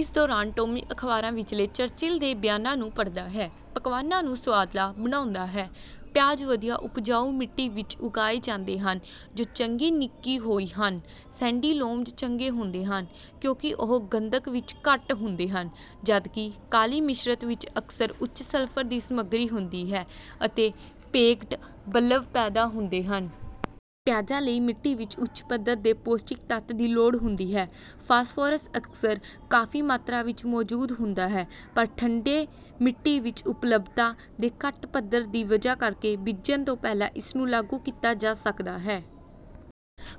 ਇਸ ਦੌਰਾਨ ਟੌਮੀ ਅਖਬਾਰਾ ਵਿੱਚਲੇ ਚਰਚਿਲ ਦੇ ਬਿਆਨਾਂ ਨੂੰ ਪੜ੍ਹਦਾ ਹੈ। ਪਕਵਾਨਾਂ ਨੂੰ ਸੁਆਦਲਾ ਬਣਾਉਂਦਾ ਹੈ। ਪਿਆਜ਼ ਵਧੀਆ ਉਪਜਾਊ ਮਿੱਟੀ ਵਿੱਚ ਉਗਾਏ ਜਾਂਦੇ ਹਨ ਜੋ ਚੰਗੀ ਨਿੱਕੀ ਹੋਈ ਹਨ ਸੈਂਡੀ ਲੋਮਜ਼ ਚੰਗੇ ਹੁੰਦੇ ਹਨ ਕਿਉਂਕਿ ਉਹ ਗੰਧਕ ਵਿੱਚ ਘੱਟ ਹੁੰਦੇ ਹਨ ਜਦਕਿ ਕਾਲੀ ਮਿਸ਼ਰਤ ਵਿੱਚ ਅਕਸਰ ਉੱਚ ਸਲਫਰ ਦੀ ਸਮਗਰੀ ਹੁੰਦੀ ਹੈ ਅਤੇ ਪੇੰਗਟ ਬਲਬ ਪੈਦਾ ਹੁੰਦੇ ਹਨ। ਪਿਆਜ਼ਾਂ ਲਈ ਮਿੱਟੀ ਵਿੱਚ ਉੱਚ ਪੱਧਰ ਦੇ ਪੌਸ਼ਟਿਕ ਤੱਤ ਦੀ ਲੋੜ ਹੁੰਦੀ ਹੈ। ਫਾਸਫੋਰਸ ਅਕਸਰ ਕਾਫੀ ਮਾਤਰਾ ਵਿੱਚ ਮੌਜੂਦ ਹੁੰਦਾ ਹੈ ਪਰ ਠੰਡੇ ਮਿੱਟੀ ਵਿੱਚ ਉਪਲਬਧਤਾ ਦੇ ਘੱਟ ਪੱਧਰ ਦੀ ਵਜ੍ਹਾ ਕਰਕੇ ਬੀਜਣ ਤੋਂ ਪਹਿਲਾਂ ਇਸਨੂੰ ਲਾਗੂ ਕੀਤਾ ਜਾ ਸਕਦਾ ਹੈ।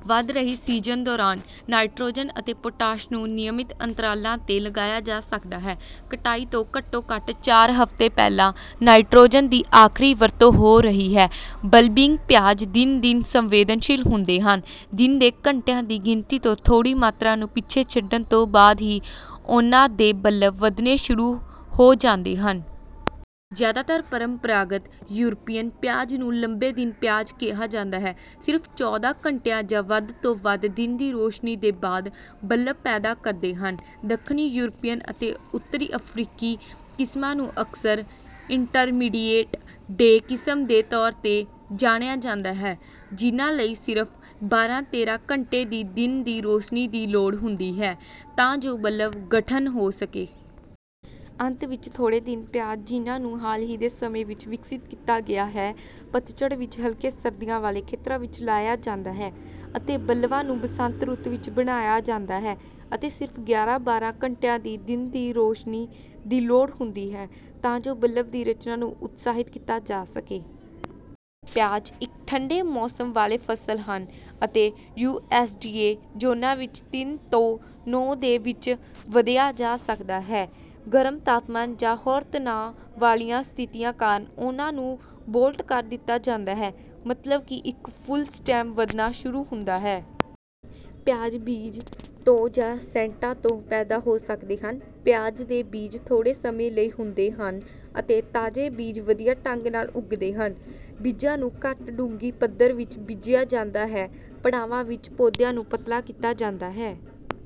ਵਧ ਰਹੀ ਸੀਜ਼ਨ ਦੌਰਾਨ ਨਾਈਟ੍ਰੋਜਨ ਅਤੇ ਪੋਟਾਸ਼ ਨੂੰ ਨਿਯਮਤ ਅੰਤਰਾਲਾਂ ਤੇ ਲਗਾਇਆ ਜਾ ਸਕਦਾ ਹੈ ਕਟਾਈ ਤੋਂ ਘੱਟੋ ਘੱਟ ਚਾਰ ਹਫਤੇ ਪਹਿਲਾਂ ਨਾਈਟ੍ਰੋਜਨ ਦੀ ਆਖਰੀ ਵਰਤੋਂ ਹੋ ਰਹੀ ਹੈ। ਬਲਬਿੰਗ ਪਿਆਜ਼ ਦਿਨ ਦਿਨ ਸੰਵੇਦਨਸ਼ੀਲ ਹੁੰਦੇ ਹਨ ਦਿਨ ਦੇ ਘੰਟਿਆਂ ਦੀ ਗਿਣਤੀ ਤੋਂ ਥੋੜ੍ਹੀ ਮਾਤਰਾ ਨੂੰ ਪਿੱਛੇ ਛੱਡਣ ਤੋਂ ਬਾਅਦ ਹੀ ਉਨ੍ਹਾਂ ਦੇ ਬਲਬ ਵਧਣੇ ਸ਼ੁਰੂ ਹੋ ਜਾਂਦੇ ਹਨ। ਜ਼ਿਆਦਾਤਰ ਪਰੰਪਰਾਗਤ ਯੂਰਪੀਅਨ ਪਿਆਜ਼ ਨੂੰ ਲੰਬੇ ਦਿਨ ਪਿਆਜ਼ ਕਿਹਾ ਜਾਂਦਾ ਹੈ ਸਿਰਫ ਚੌਦਾਂ ਘੰਟਿਆਂ ਜਾਂ ਵੱਧ ਤੋਂ ਵੱਧ ਦਿਨ ਦੀ ਰੋਸ਼ਨੀ ਦੇ ਬਾਅਦ ਬਲਬ ਪੈਦਾ ਕਰਦੇ ਹਨ। ਦੱਖਣੀ ਯੂਰਪੀਅਨ ਅਤੇ ਉੱਤਰੀ ਅਫਰੀਕੀ ਕਿਸਮਾਂ ਨੂੰ ਅਕਸਰ ਇੰਟਰਮੀਡੀਏਟ ਡੇ ਕਿਸਮ ਦੇ ਤੌਰ ਤੇ ਜਾਣਿਆ ਜਾਂਦਾ ਹੈ ਜਿਨ੍ਹਾਂ ਲਈ ਸਿਰਫ ਬਾਰਾਂ ਤੇਰਾਂ ਘੰਟੇ ਦੀ ਦਿਨ ਦੀ ਰੋਸ਼ਨੀ ਦੀ ਲੋੜ ਹੁੰਦੀ ਹੈ ਤਾਂ ਜੋ ਬਲਬ ਗਠਨ ਹੋ ਸਕੇ। ਅੰਤ ਵਿੱਚ ਥੋੜੇ ਦਿਨ ਪਿਆਜ਼ ਜਿਨ੍ਹਾਂ ਨੂੰ ਹਾਲ ਹੀ ਦੇ ਸਮੇਂ ਵਿੱਚ ਵਿਕਸਤ ਕੀਤਾ ਗਿਆ ਹੈ ਪਤਝੜ ਵਿੱਚ ਹਲਕੇ ਸਰਦੀਆਂ ਵਾਲੇ ਖੇਤਰਾਂ ਵਿੱਚ ਲਾਇਆ ਜਾਂਦਾ ਹੈ ਅਤੇ ਬਲਬਾਂ ਨੂੰ ਬਸੰਤ ਰੁੱਤ ਵਿੱਚ ਬਣਾਇਆ ਜਾਂਦਾ ਹੈ ਅਤੇ ਸਿਰਫ ਗਿਆਰਾਂ ਬਾਰਾਂ ਘੰਟਿਆਂ ਦੀ ਦਿਨ ਦੀ ਰੋਸ਼ਨੀ ਦੀ ਲੋੜ ਹੁੰਦੀ ਹੈ ਤਾਂ ਜੋ ਬਲਬ ਦੀ ਰਚਨਾ ਨੂੰ ਉਤਸਾਹਿਤ ਕੀਤਾ ਜਾ ਸਕੇ। ਪਿਆਜ਼ ਇੱਕ ਠੰਢੇ ਮੌਸਮ ਵਾਲੇ ਫਸਲ ਹਨ ਅਤੇ ਯੂ ਐਸ ਡੀ ਏ ਜ਼ੋਨਾਂ ਵਿੱਚ ਤਿੰਨ ਤੋਂ ਨੌਂ ਦੇ ਵਿੱਚ ਵਧਿਆ ਜਾ ਸਕਦਾ ਹੈ। ਗਰਮ ਤਾਪਮਾਨ ਜਾਂ ਹੋਰ ਤਣਾਅ ਵਾਲੀਆਂ ਸਥਿਤੀਆਂ ਕਾਰਨ ਉਹਨਾਂ ਨੂੰ ਬੋਲਟ ਕਰ ਦਿੱਤਾ ਜਾਂਦਾ ਹੈ ਮਤਲਬ ਕਿ ਇੱਕ ਫੁੱਲ ਸਟੈਮ ਵਧਣਾ ਸ਼ੁਰੂ ਹੁੰਦਾ ਹੈ। ਪਿਆਜ਼ ਬੀਜ ਤੋਂ ਜਾਂ ਸੈਟਾਂ ਤੋਂ ਪੈਦਾ ਹੋ ਸਕਦੇ ਹਨ। ਪਿਆਜ਼ ਦੇ ਬੀਜ ਥੋੜੇ ਸਮੇਂ ਲਈ ਹੁੰਦੇ ਹਨ ਅਤੇ ਤਾਜ਼ੇ ਬੀਜ ਵਧੀਆ ਢੰਗ ਨਾਲ ਉਗਦੇ ਹਨ। ਬੀਜਾਂ ਨੂੰ ਘੱਟ ਡੂੰਘੀ ਪੱਧਰਾਂ ਵਿੱਚ ਬੀਜਿਆ ਜਾਂਦਾ ਹੈ ਪੜਾਵਾਂ ਵਿੱਚ ਪੌਦਿਆਂ ਨੂੰ ਪਤਲਾ ਕੀਤਾ ਜਾਂਦਾ ਹੈ।